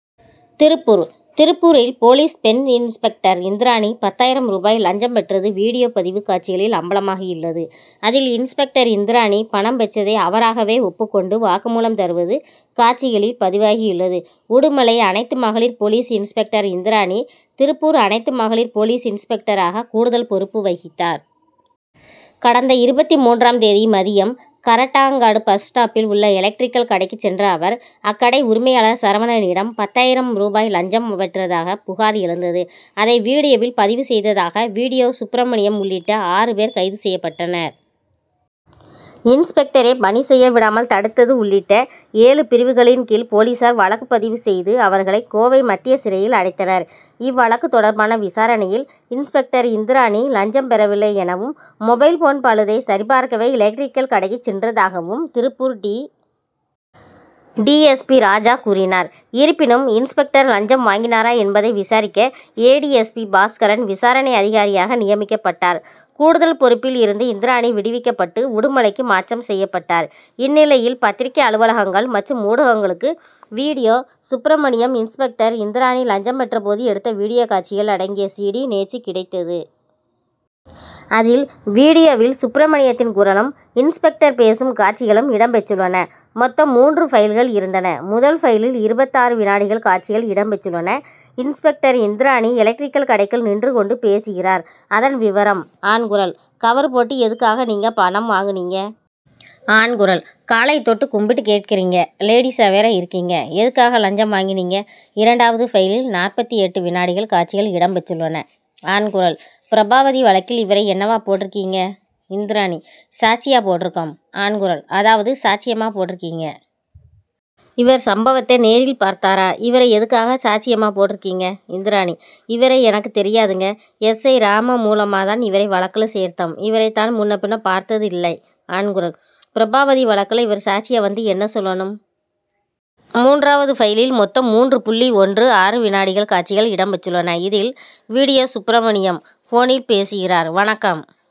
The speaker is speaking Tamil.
திருப்பூர் திருப்பூரில், போலீஸ் பெண் இன்ஸ்பெக்டர் இந்திராணி, பத்தாயிரம் ரூபாய் லஞ்சம் பெற்றது வீடியோ பதிவு காட்சிகளில் அம்பலமாகியுள்ளது; அதில், இன்ஸ்பெக்டர் இந்திராணி, பணம் பெற்றதை அவராகவே ஒப்புக்கொண்டு வாக்குமூலம் தருவது காட்சிகளில் பதிவாகியுள்ளது. உடுமலை அனைத்து மகளிர் போலீஸ் இன்ஸ்பெக்டர் இந்திராணி; திருப்பூர் அனைத்து மகளிர் போலீஸ் இன்ஸ்பெக்டராக கூடுதல் பொறுப்பு வகித்தார். கடந்த இருபத்து மூன்றாம் தேதி மதியம், கரட்டாங்காடு பஸ் ஸ்டாப்பில் உள்ள எலக்ட்ரிக்கல் கடைக்குச் சென்ற அவர், அக்கடை உரிமையாளர் சரவணனிடம், பத்தாயிரம் ஆயிரம் ரூபாய் லஞ்சம் பெற்றதாக புகார் எழுந்தது. அதை "வீடியோ'வில் பதிவு செய்ததாக "வீடியோ' சுப்ரமணியம் உள்ளிட்ட ஆறு பேர் கைது செய்யப்பட்டனர். இன்ஸ்பெக்டரை பணி செய்ய விடாமல் தடுத்தது உள்ளிட்ட ஏழு பிரிவுகளின் கீழ் போலீசார் வழக்கு பதிவு செய்து, அவர்களை கோவை மத்திய சிறையில் அடைத்தனர். இவ்வழக்கு தொடர்பான விசாரணையில், "இன்ஸ்பெக்டர் இந்திராணி லஞ்சம் பெறவில்லை எனவும், மொபைல் போன் பழுதை சரிபார்க்கவே எலக்ட்ரிக்கல் கடைக்கு சென்றதாகவும்,' Tiruppur D. DS. P., Raja கூறினார். இருப்பினும், இன்ஸ்பெக்டர் லஞ்சம் வாங்கினாரா என்பதை விசாரிக்க, A. D. S. P., Bhaskaran விசாரணை அதிகாரியாக நியமிக்கப்பட்டார். கூடுதல் பொறுப்பில் இருந்து இந்திராணி விடுவிக்கப்பட்டு, உடுமலைக்கு மாற்றம் செய்யப்பட்டார். இந்நிலையில், பத்திரிகை அலுவலகங்கள் மற்றும் ஊடகங்களுக்கு "வீடியோ' சுப்ரமணியம், இன்ஸ்பெக்டர் இந்திராணி லஞ்சம் பெற்றபோது எடுத்த வீடியோ காட்சிகள் அடங்கிய "சிடி' நேற்று கிடைத்தது. அதில், "வீடியோ' சுப்ரமணியத்தின் குரலும், இன்ஸ்பெக்டர் பேசும் காட்சிகளும் இடம் பெற்றுள்ளன. மொத்தம் மூன்று பைல்கள் இருந்தன. முதல் பைலில் இருபத்தாறு வினாடிகள் காட்சிகள் இடம் பெற்றுள்ளன. இன்ஸ்பெக்டர் இந்திராணி எலக்டரிக்கல் கடைக்குள் நின்று கொண்டு பேசுகிறார். அதன் விவரம்:ஆண் குரல்: கவர் போட்டு எதுக்காக, நீங்க பணம் வாங்குனீங்க? ஆண் குரல்: காலை தொட்டு கும்பிட்டு கேட்கறீங்க. லேடீசா வேற இருக்கீங்க? எதுக்காக, லஞ்சம் வாங்கனீங்க? இரண்டாவது பைலில் நாற்பத்தெட்டு வினாடிகள் காட்சிகள் இடம் பெற்றுள்ளன. ஆண் குரல்: பிரபாவதி வழக்கில் இவரை என்னவா போட்டிருக்கீங்க? இந்திராணி: சாட்சியா போட்டிருக்கோம். ஆண் குரல்: அதாவது, சாட்சியமா போட்டிருக்கீங்க. இவர் சம்பவத்தை நேரில் பார்த்தாரா? இவரை எதுக்காக சாட்சியமா போட்டீங்க? இந்திராணி: இவரை எனக்கு தெரியாதுங்க. எஸ். ஐ., ரமா மூலமா தான் இவரை வழக்குல சேர்த்தோம். இவரை நான் முன்ன பின்ன பார்த்தது இல்லை. ஆண் குரல்: பிரபாவதி வழக்குல இவரு சாட்சியா வந்து என்ன சொல்லணும்? மூன்றாவது பைலில் மொத்தம் மூன்று புள்ளி ஒன்று ஆறு வினாடிகள் காட்சிகள் இடம் பெற்றுள்ளன. இதில் "வீடியோ' சுப்ரமணியம், போனில் பேசுகிறார். "வணக்கம்